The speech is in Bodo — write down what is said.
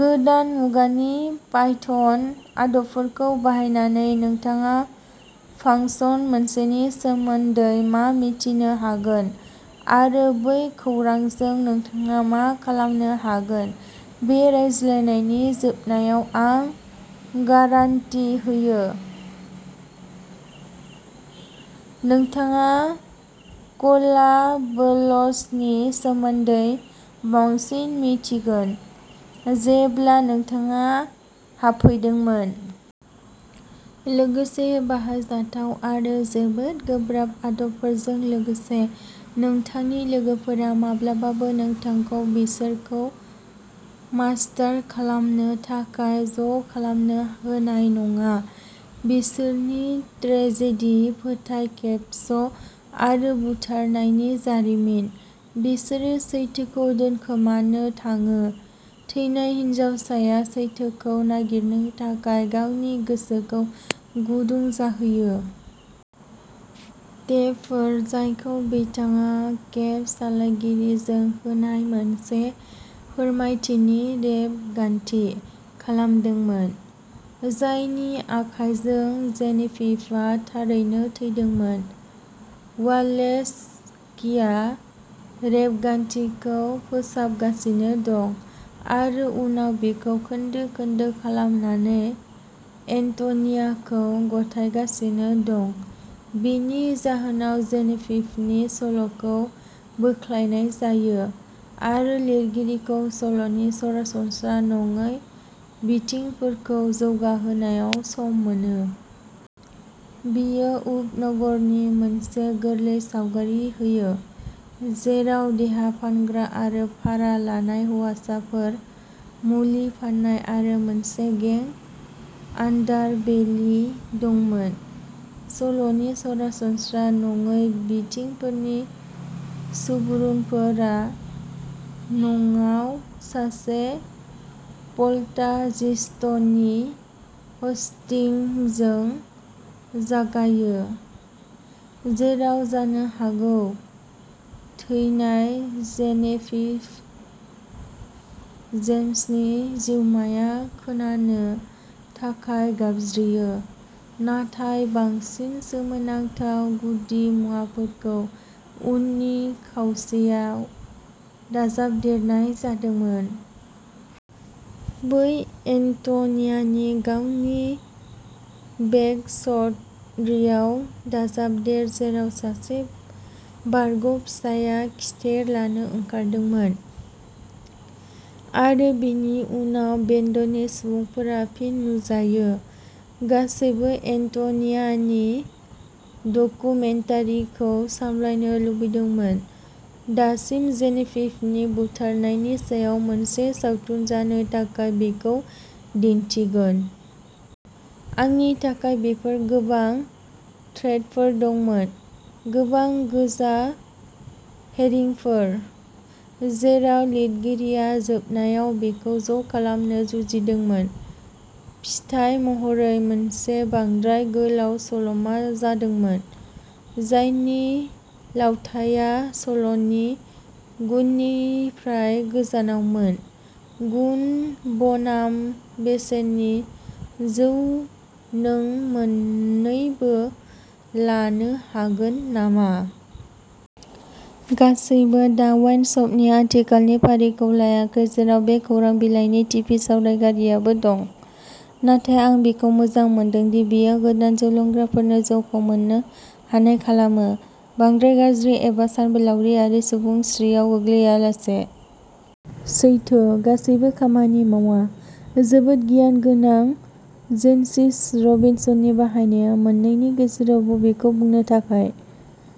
गोदान मुगानि पाइथन आदबफोरखौ बाहायनानै, नोंथाङा फांसन मोनसेनि सोमोन्दै मा मिथिनो हागोन, आरो बै खौरांजों नोंथाङा मा खालामनो हागोन? बे रायज्लायनायनि जोबनायाव आं गारान्टि होयो, नोंथाङा कलाबोल्सनि सोमोन्दै बांसिन मिन्थिगोन जेब्ला नोंथाङा हाबफैदोंमोन। लोगोसे बाहायजाथाव आरो जोबोद गोब्राब आदबफोरजों लोगोसे नोंथांनि लोगोफोरा माब्लाबाबो नोंथांखौ बिसोरखौ मास्टार खालामनो थाखाय ज'खालामनो होनाय नङा। बिसोरनि ट्रेजेडी, फोथायखेबस' आरो बुथारनायनि जारिमिन। बिसोरो सैथोखौ दोनखोमानो थाङो? थैनाय हिनजावसाया सैथोखौ नागिरनो थाखाय गावनि गोसोखौ गुदुं जाहोयो। टेपफोर जायखौ बिथाङा केब सालायगिरिजों होनाय मोनसे फोरमायथिनि रेबगान्थि खालामदोंमोन, जायनि आखाइजों जेनेभिभआ थारैनो थैदोंमोन। वालेन्स्कीआ रेबगान्थिखौ फोसाबगासिनो दं आरो उनाव बेखौ खोन्दो-खोन्दो खालामनानै एन्ट'नियाखौ गथायगासिनो दं। बेनि जाहोनाव जेनेभिभनि सल'खौ बोख्लायनाय जायो आरो लिरगिरिखौ सल'नि सरासनस्रा नङै बिथिंफोरखौ जौगाहोनायाव सम मोनो। बेयो उपनगरनि मोनसे गोरलै सावगारि होयो, जेराव देहा फानग्रा आरो भारा लानाय हौवासाफोर, मुलि फाननाय आरो मोनसे गें आन्डारबेलि दंमोन। सल'नि सरासनस्रा नङै बिथिंफोरनि सुबुरुनफोरा न'आव सासे पल्टार्जिस्टनि ह'स्टिंजों जागायो, जेराव जानो हागौ थैनाय जेनेभिभ जेम्सनि जिउमाया खोनानो थाखाय गाबज्रियो, नाथाय बांसिन सोमोनांथाव गुदिमुवाफोरखौ उननि खावसेयाव दाजाबदेरनाय जादोंमोन। बै एन्ट'नियानि गावनि बेकस्ट'रियाव दाजाबदेर, जेराव सासे बारग'फिसायआ खिथेर लानो ओंखारदोंमोन। आरो बेनि उनाव बेन्डनि सुबुंफोरा फिन नुजायो। गासैबो एन्ट'नियानि डकुमेन्टारिखौ सामलायनो लुबैदोंमोन। दासिम जेनेभिभनि बुथारनायनि सायाव मोनसे सावथुन जानो थाखाय बेखौ दिन्थिगोन। आंनि थाखाय बेफोर गोबां थ्रेडफोर दंमोन, गोबां गोजा हेरिंफोर, जेराव लिरगिरिया जोबनायाव बेखौ ज'खालामनो जुजिदोंमोन। फिथाय महरै मोनसे बांद्राय गोलाव सल'मा जादोंमोन, जायनि लावथाइया सल'नि गुननिफ्राय गोजानावमोन। गुन बनाम बेसेननि जौः नों मोन्नैबो लानो हागोन नामा? गासैबो दा वाइन श'पनि आथिखालनि फारिखौ लायाखै, जेराव बे खौरां बिलाइनि टिभि सावरायगिरिबो दं। नाथाय आं बेखौ मोजां मोनदों दि, बेयो गोदान जौ लोंग्राफोरनो जौखौ मोन्नो हानाय खालामो, बांद्राय गाज्रि एबा सानबोलावरियारि सुबुंस्रियाव गोग्लैआलासे। सैथो, गासैबो खामानि मावा। जोबोद गियान गोनां जेन्सिस रबिनसननि बाहायनाया मोननैनि गेजेराव बबेखौ बुंनो थाखाय।